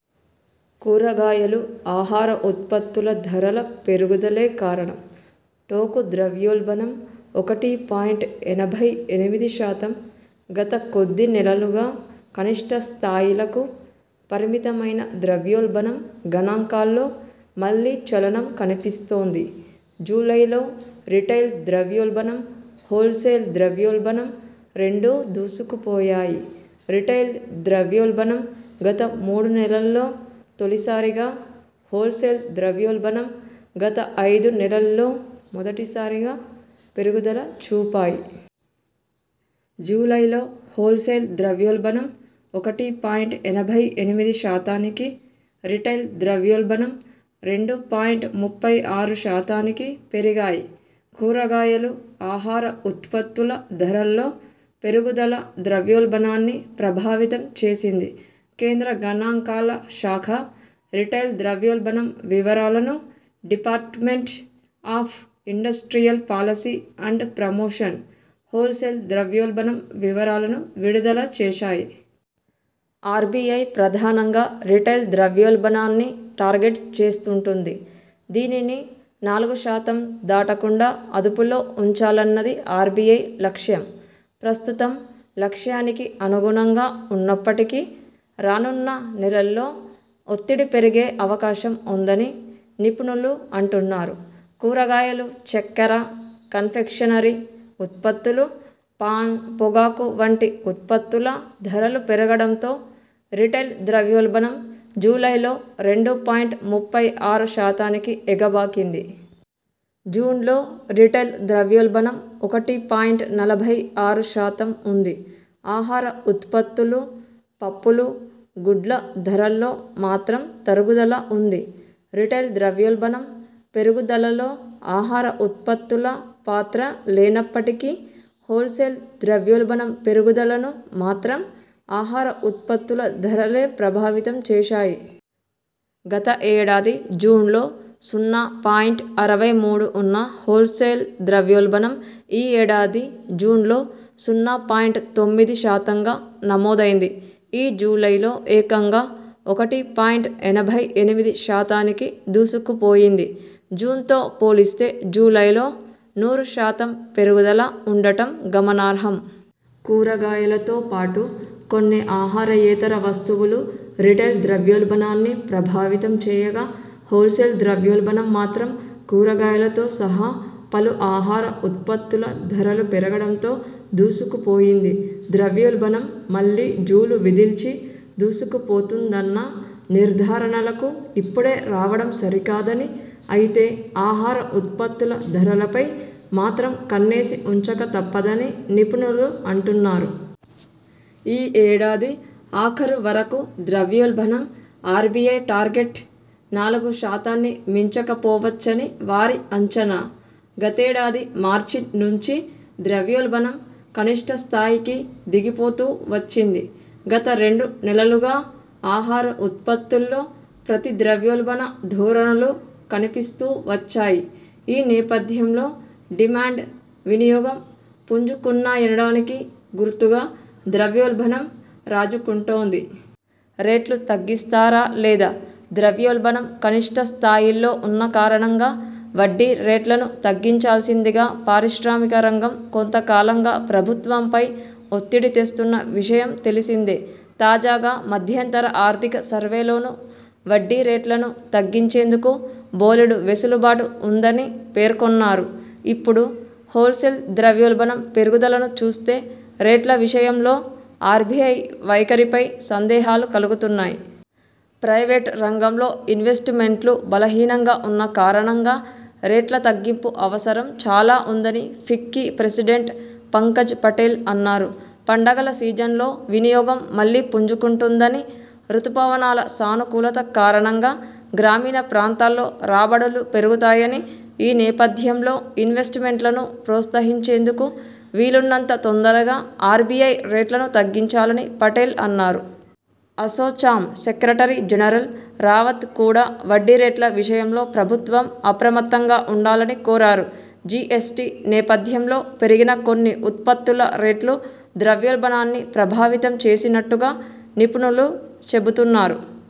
కూరగాయలు, ఆహార ఉత్పత్తుల ధరల పెరుగుదలే కారణం. టోకు ద్రవ్యోల్బణం ఒకటి పాయింట్ ఎనభై ఎనిమిది శాతం గత కొద్ది నెలలుగా కనిష్ట స్థాయిలకు పరిమితమైన ద్రవ్యోల్బణం గణాంకాల్లో మళ్లీ చలనం కనిపిస్తోంది. జూలైలో రిటైల్ ద్రవ్యోల్బణం, హోల్సేల్ ద్రవ్యోల్బణం రెండూ దూసుకుపోయాయి. రిటైల్ ద్రవ్యోల్బణం గత మూడునెలల్లో తొలిసారిగా, హోల్సేల్ ద్రవ్యోల్బణం గత ఐదు నెలల్లో మొదటిసారిగా పెరుగుదల చూపాయి. జూలైలో హోల్సేల్ ద్రవ్యోల్బణం ఒకటి పాయింట్ ఎనభై ఎనిమిది శాతానికి, రిటైల్ ద్రవ్యోల్బణం రెండు పాయింట్ ముప్పై ఆరు శాతానికి పెరిగాయి. కూరగాయలు, ఆహార ఉత్పత్తుల ధరల్లో పెరుగుదల ద్రవ్యోల్బణాన్ని ప్రభావితం చేసింది. కేంద్ర గణాంకాల శాఖ రిటైల్ ద్రవ్యోల్బణం వివరాలను, Department of Industrial Policy and Promotion wholesale ద్రవ్యోల్బణం వివరాలను విడుదల చేశాయి. ఆర్బిఐ ప్రధానంగా రిటైల్ ద్రవ్యోల్బణాన్ని టార్గెట్ చేస్తుంటుంది. దీనిని నాలుగు శాతం దాటకుండా అదుపులో ఉంచాలన్నది ఆర్బిఐ లక్ష్యం. ప్రస్తుతం లక్ష్యానికి అనుగుణంగా ఉన్నప్పటికీ రానున్న నెలల్లో ఒత్తిడి పెరిగే అవకాశం ఉందని నిపుణులు అంటున్నారు. కూరగాయలు, చక్కెర, కన్ఫెక్షనరీ ఉత్పత్తులు, పాన్, పొగాకు వంటి ఉత్పత్తుల ధరలు పెరుగడంతో రిటైల్ ద్రవ్యోల్బణం జూలైలో రెండు పాయింట్ ముప్పై ఆరు శాతానికి ఎగబాకింది. జూన్లో రిటైల్ ద్రవ్యోల్బణం ఒకటి పాయింట్ నలభై ఆరు శాతం ఉంది. ఆహార ఉత్పత్తులు, పప్పులు, గుడ్ల ధరల్లో మాత్రం తరుగుదల ఉంది. రిటైల్ ద్రవ్యోల్బణం పెరుగుదలలో ఆహార ఉత్పత్తుల పాత్ర లేనప్పటికీ హోల్సేల్ ద్రవ్యోల్బణం పెరుగుదలను మాత్రం ఆహార ఉత్పత్తుల ధరలే ప్రభావితం చేశాయి. గత ఏడాది జూన్లో సున్నా పాయింట్ అరవై మూడు ఉన్న హోల్ సేల్ ద్రవ్యోల్బణం ఈ ఏడాది జూన్లో సున్నా పాయింట్ తొమ్మిది శాతంగా నమోదైంది. ఈ జూలైలో ఏకంగా ఒకటి పాయింట్ ఎనభై ఎనిమిది శాతానికి దూసుకుపోయింది. జూన్తో పోలిస్తే జూలైలో నూరు శాతం పెరుగుదల ఉండటం గమనార్హం. కూరగాయలతో పాటు కొన్ని ఆహారయేతర వస్తువులు రిటైల్ ద్రవ్యోల్బణాన్ని ప్రభావితం చేయగా, హోల్సేల్ ద్రవ్యోల్బణం మాత్రం కూరగాయలతో సహా పలు ఆహార ఉత్పత్తుల ధరలు పెరగడంతో దూసుకుపోయింది. ద్రవ్యోల్బణం మళ్లీ జూలు విదిల్చి దూసుకుపోతుందన్న నిర్ధారణలకు ఇప్పుడే రావడం సరికాదని, అయితే ఆహార ఉత్పత్తుల ధరలపై మాత్రం కన్నేసి ఉంచక తప్పదని నిపుణులు అంటున్నారు. ఈ ఏడాది ఆఖరు వరకు ద్రవ్యోల్బణం ఆర్బిఐ టార్గెట్ నాలుగు శాతాన్ని మించకపోవచ్చని వారి అంచనా. గతేడాది మార్చి నుంచి ద్రవ్యోల్బణం కనిష్ఠ స్థాయికి దిగిపోతూ వచ్చింది. గత రెండు నెలలుగా ఆహార ఉత్పత్తుల్లో ప్రతి ద్రవ్యోల్బణ ధోరణులు కనిపిస్తూ వచ్చాయి. ఈ నేపధ్యంలో డిమాండ్, వినియోగం పుంజుకున్నాయనడానికి గుర్తుగా ద్రవ్యోల్బణం రాజుకుంటోంది. రేట్లు తగ్గిస్తారా లేదా? ద్రవ్యోల్బణం కనిష్ఠ స్థాయిల్లో ఉన్న కారణంగా వడ్డీ రేట్లను తగ్గించాల్సిందిగా పారిశ్రామిక రంగం కొంతకాలంగా ప్రభుత్వంపై ఒత్తిడి తెస్తున్న విషయం తెలిసిందే. తాజాగా మధ్యంతర ఆర్థిక సర్వేలోనూ వడ్డీ రేట్లను తగ్గించేందుకు బోలెడు వెసులుబాటు ఉందని పేర్కొన్నారు. ఇప్పుడు హోల్సేల్ ద్రవ్యోల్బణం పెరుగుదలను చూస్తే రేట్ల విషయంలో ఆర్బిఐ వైఖరిపై సందేహాలు కలుగుతున్నాయి. ప్రైవేట్ రంగంలో ఇన్వెస్ట్ మెంట్లు బలహీనంగా ఉన్న కారణంగా రేట్ల తగ్గింపు అవసరం చాలా ఉందనీ ఫిక్కీ ప్రెసిడెంట్ పంకజ్ పటేల్ అన్నారు. పండగల సీజన్లో వినియోగం మళ్లీ పుంజుకుంటుందని, రుతుపవనాల సానుకూలత కారణంగా గ్రామీణ ప్రాంతాల్లో రాబడులు పెరుగుతాయని ఈ నేపథ్యంలో ఇన్వెస్ట్ మెంట్లను ప్రోత్సహించేందుకు వీలున్నంత తొందరగా ఆర్బిఐ రేట్లను తగ్గించాలని పటేల్ అన్నారు. అసోచామ్ సెక్రటరీ జనరల్ రావత్ కూడా వడ్డీ రేట్ల విషయంలో ప్రభుత్వం అప్రమత్తంగా ఉండాలని కోరారు. జిఎ్సటి నేపథ్యంలో పెరిగిన కొన్ని ఉత్పత్తుల రేట్లు ద్రవ్యోల్బణాన్ని ప్రభావితం చేసినట్టుగా నిపుణులు చెబుతున్నారు.